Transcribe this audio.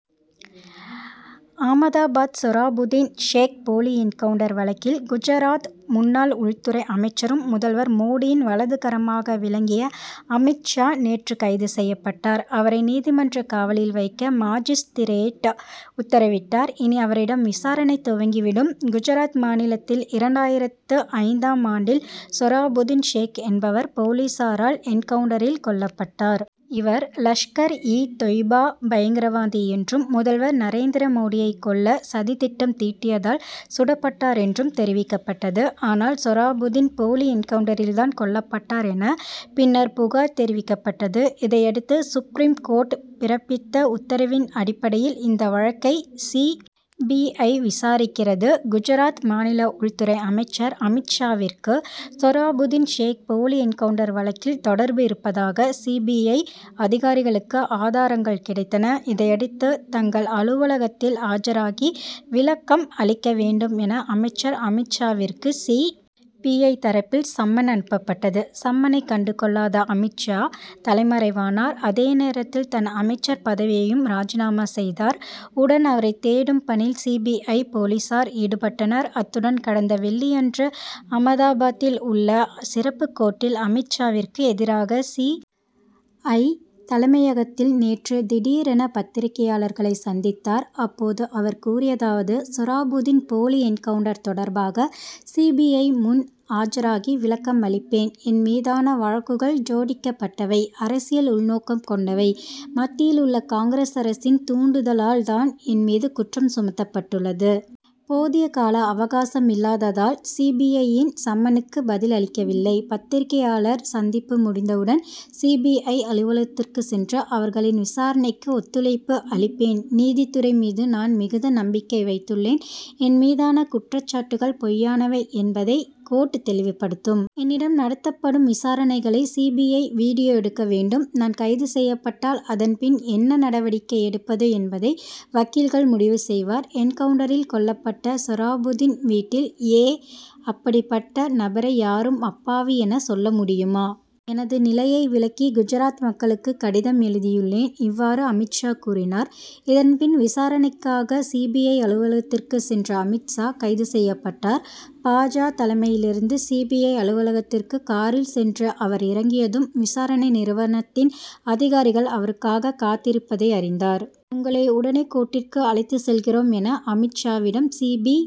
ஆமதாபாத்சொராபுதீன் ஷேக் போலி என்கவுன்டர் வழக்கில், குஜராத் முன்னாள் உள்துறை அமைச்சரும் முதல்வர் மோடியின் வலதுகரமாக விளங்கிய அமீத் ஷா நேற்று கைது செய்யப்பட்டார். அவரை, நீதிமன்றக் காவலில் வைக்க மாஜிஸ்திரேட் உத்தரவிட்டார். இனி அவரிடம் விசாரணை துவங்கி விடும். குஜராத் மாநிலத்தில், இரண்டாயிரத்து ஐந்தாம் ஆண்டில் சொராபுதீன் ஷேக் என்பவர் போலீசாரால் என்கவுன்டரில் கொல்லப்பட்டார். இவர், லஷ்கர் -இ தொய்பா பயங்கரவாதி என்றும், முதல்வர் நரேந்திர மோடியை கொல்ல சதித் திட்டம் தீட்டியதால் சுடப்பட்டார் என்றும் தெரிவிக்கப்பட்டது. ஆனால், சொராபுதீன் போலி என்கவுன்டரில் தான் கொல்லப்பட்டார் என, பின்னர் புகார் தெரிவிக்கப்பட்டது. இதையடுத்து, சுப்ரீம் கோர்ட் பிறப்பித்த உத்தரவின் அடிப்படையில், இந்த வழக்கை சி. பி. ஐ., விசாரிக்கிறது. குஜராத் மாநில உள்துறை அமைச்சர் அமீத் ஷாவிற்கு, சொராபுதீன் ஷேக் போலி என்கவுன்டர் வழக்கில் தொடர்பு இருப்பதாக சி. பி. ஐ., அதிகாரிகளுக்கு ஆதாரங்கள் கிடைத்தன. இதையடுத்து, தங்கள் அலுவலகத்தில் ஆஜராகி விளக்கம் அளிக்க வேண்டும் என, அமைச்சர் அமீத் ஷாவிற்கு சி. பி. ஐ., தரப்பில் சம்மன் அனுப்பப்பட்டது. சம்மனை கண்டு கொள்ளாத அமீத் ஷா, தலைமறைவானார். அதேநேரத்தில், தன் அமைச்சர் பதவியையும் ராஜினாமா செய்தார். உடன், அவரைத் தேடும் பணியில் சி. பி. ஐ., போலீசார் ஈடுபட்டனர். அத்துடன் கடந்த வெள்ளியன்று ஆமதாபாத்தில் உள்ள சிறப்பு கோர்ட்டில், அமீத் ஷாவிற்கு எதிராக சி. ஜ., தலைமையகத்தில் நேற்று திடீரென பத்திரிகையாளர்களைச் சந்தித்தார். அப்போது அவர் கூறியதாவதுசொராபுதீன் போலி என்கவுன்டர் தொடர்பாக, சி. பி. ஐ., முன் ஆஜராகி விளக்கம் அளிப்பேன். என் மீதான வழக்குகள் ஜோடிக்கப்பட்டவை. அரசியல் உள்நோக்கம் கொண்டவை. மத்தியில் உள்ள காங்கிரஸ் அரசின் தூண்டுதலால் தான் என் மீது குற்றம் சுமத்தப்பட்டுள்ளது. போதிய கால அவகாசம் இல்லாததால், சி. பி. ஐ.,யின் சம்மனுக்கு பதில் அளிக்கவில்லை. பத்திரிகையாளர் சந்திப்பு முடிந்தவுடன் சி. பி. ஐ., அலுவலகத்திற்கு சென்று, அவர்களின் விசாரணைக்கு ஒத்துழைப்பு அளிப்பேன். நீதித்துறை மீது நான் மிகுந்த நம்பிக்கை வைத்துள்ளேன். என் மீதான குற்றச்சாட்டுக்கள் பொய்யானவை என்பதை கோர்ட் தெளிவுபடுத்தும். என்னிடம் நடத்தப்படும் விசாரணைகளை சி. பி. ஐ., வீடியோ எடுக்க வேண்டும். நான் கைது செய்யப்பட்டால், அதன் பின் என்ன நடவடிக்கை எடுப்பது என்பதை வக்கீல்கள் முடிவு செய்வர். என்கவுன்டரில் கொல்லப்பட்ட சொராபுதீன் வீட்டில் ஏ. அப்படிப்பட்ட நபரை யாரும் அப்பாவி என சொல்ல முடியுமா? எனது நிலையை விளக்கி குஜராத் மக்களுக்கு கடிதம் எழுதியுள்ளேன். இவ்வாறு அமீத் ஷா கூறினார். இதன்பின் விசாரணைக்காக சி. பி. ஐ., அலுவலகத்திற்கு சென்ற அமீத் ஷா, கைது செய்யப்பட்டார். பா. ஜ., தலைமையகத்திலிருந்து சி. பி. ஐ., அலுவலகத்திற்கு காரில் சென்று அவர் இறங்கியதும், விசாரணை நிறுவனத்தின் அதிகாரிகள் அவருக்காக காத்திருப்பதை அறிந்தார். உங்களை உடனே கோர்ட்டிற்கு அழைத்துச் செல்கிறோம் என, அமீத் ஷாவிடம் சி. பி.